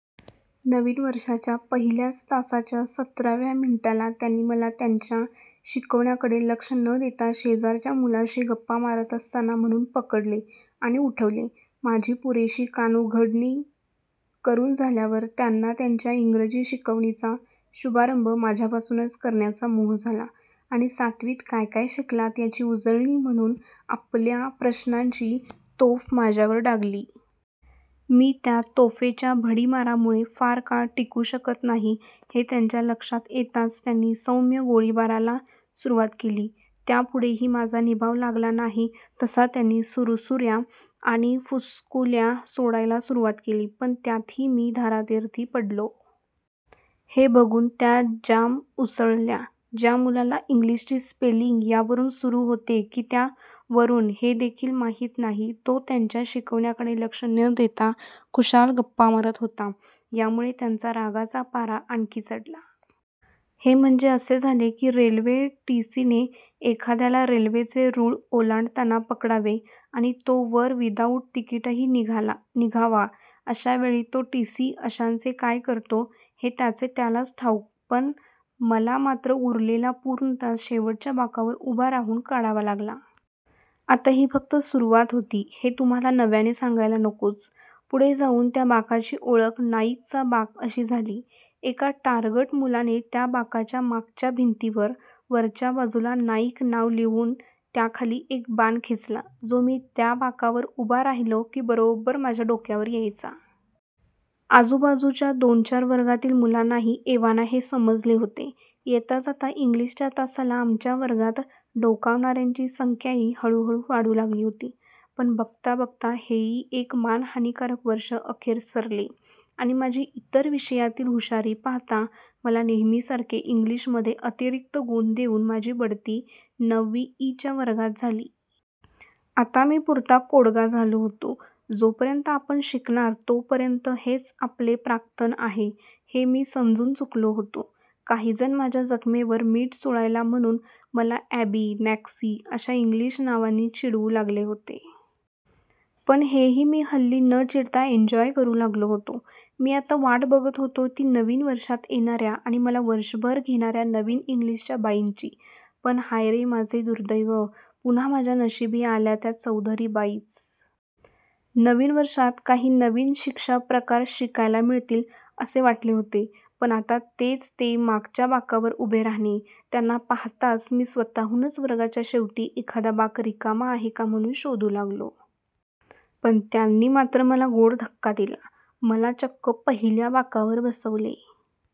नवीन वर्षाच्या पहिल्याच तासाच्या सतराव्या मिनिटाला त्यांनी मला त्यांच्या शिकवण्याकडे लक्ष न देता शेजारच्या मुलाशी गप्पा मारत असताना म्हणून पकडले आणि उठवले. माझी पुरेशी कानउघाडणी करून झाल्यावर त्यांना त्यांच्या इंग्रजी शिकवणीचा शुभारंभ माझ्यापासूनच करण्याचा मोह झाला आणि सातवीत काय काय शिकलात याची उजळणी म्हणून आपल्या प्रश्नांची तोफ माझ्यावर डागली. मी त्या तोफेच्या भडिमारापुढे फार काळ टिकू शकत नाही हे त्यांच्या लक्षात येताच त्यांनी सौम्य गोळीबाराला सुरुवात केली. त्यापुढेही माझा निभाव लागला नाही तसा त्यांनी सुरसुऱ्या आणि फुसकुल्या सोडायला सुरुवात केली. पण त्यातही मी धारातीर्थी पडलो. हे बघून त्या जाम उसळल्या. ज्या मुलाला इंग्लिशची स्पेलिंग या वरून सुरू होते की त्या वरून हे देखील माहीत नाही तो त्यांच्या शिकवण्याकडे लक्ष न देता खुशाल गप्पा मारत होता यामुळे त्यांचा रागाचा पारा आणखी चढला. हे म्हणजे असे झाले की रेल्वे टीसीने एखाद्याला रेल्वेचे रूळ ओलांडताना पकडावे आणि तो वर विदाऊट तिकीटही निघावा. अशा वेळी तो टीसी अशांचे काय करतो हे त्याचे त्यालाच ठाऊक, पण मला मात्र उरलेला पूर्ण तास शेवटच्या बाकावर उभा राहून काढावा लागला. आता ही फक्त सुरुवात होती हे तुम्हाला नव्याने सांगायला नकोच. पुढे जाऊन त्या बाकाची ओळख नाईकचा बाक अशी झाली. एका टारगट मुलाने त्या बाकाच्या मागच्या भिंतीवर वरच्या बाजूला नाईक नाव लिहून त्याखाली एक बाण खेचला जो मी त्या बाकावर उभा राहिलो की बरोबर माझ्या डोक्यावर यायचा. आजूबाजूच्या दोनचार वर्गातील मुलांनाही एव्हाना हे समजले होते. येताजाता इंग्लिशच्या तासाला आमच्या वर्गात डोकावणाऱ्यांची संख्याही हळूहळू वाढू लागली होती. पण बघता बघता हेही एक मानहानीकारक वर्ष अखेर सरले आणि माझी इतर विषयांतील हुशारी पाहता मला नेहमीसारखे इंग्लिशमध्ये अतिरिक्त गुण देऊन माझी बढती नववी ई च्या वर्गात झाली. आता मी पुरता कोडगा झालो होतो. जोपर्यंत आपण शिकणार तोपर्यंत हेच आपले प्राक्तन आहे हे मी समजून चुकलो होतो. काही जण माझ्या जखमेवर मीठ चोळायला म्हणून मला अ‍ॅबी, नॅक्सी अशा इंग्लिश नावांनी चिडवू लागले होते. पण हेही मी हल्ली न चिडता एंजॉय करू लागलो होतो. मी आता वाट बघत होतो ती नवीन वर्षात येणाऱ्या आणि मला वर्षभर घेणाऱ्या नवीन इंग्लिशच्या बाईंची, पण हाय रे माझे दुर्दैव, पुन्हा माझ्या नशिबी आल्या त्या चौधरी बाईच! नवीन वर्षात काही नवीन शिक्षा प्रकार शिकायला मिळतील असे वाटले होते. पण आता तेच ते मागच्या बाकावर उभे राहणे. त्यांना पाहताच मी स्वतःहूनच वर्गाच्या शेवटी एखादा बाक रिकामा आहे का म्हणून शोधू लागलो. पण त्यांनी मात्र मला गोड धक्का दिला. मला चक्क पहिल्या बाकावर बसवले.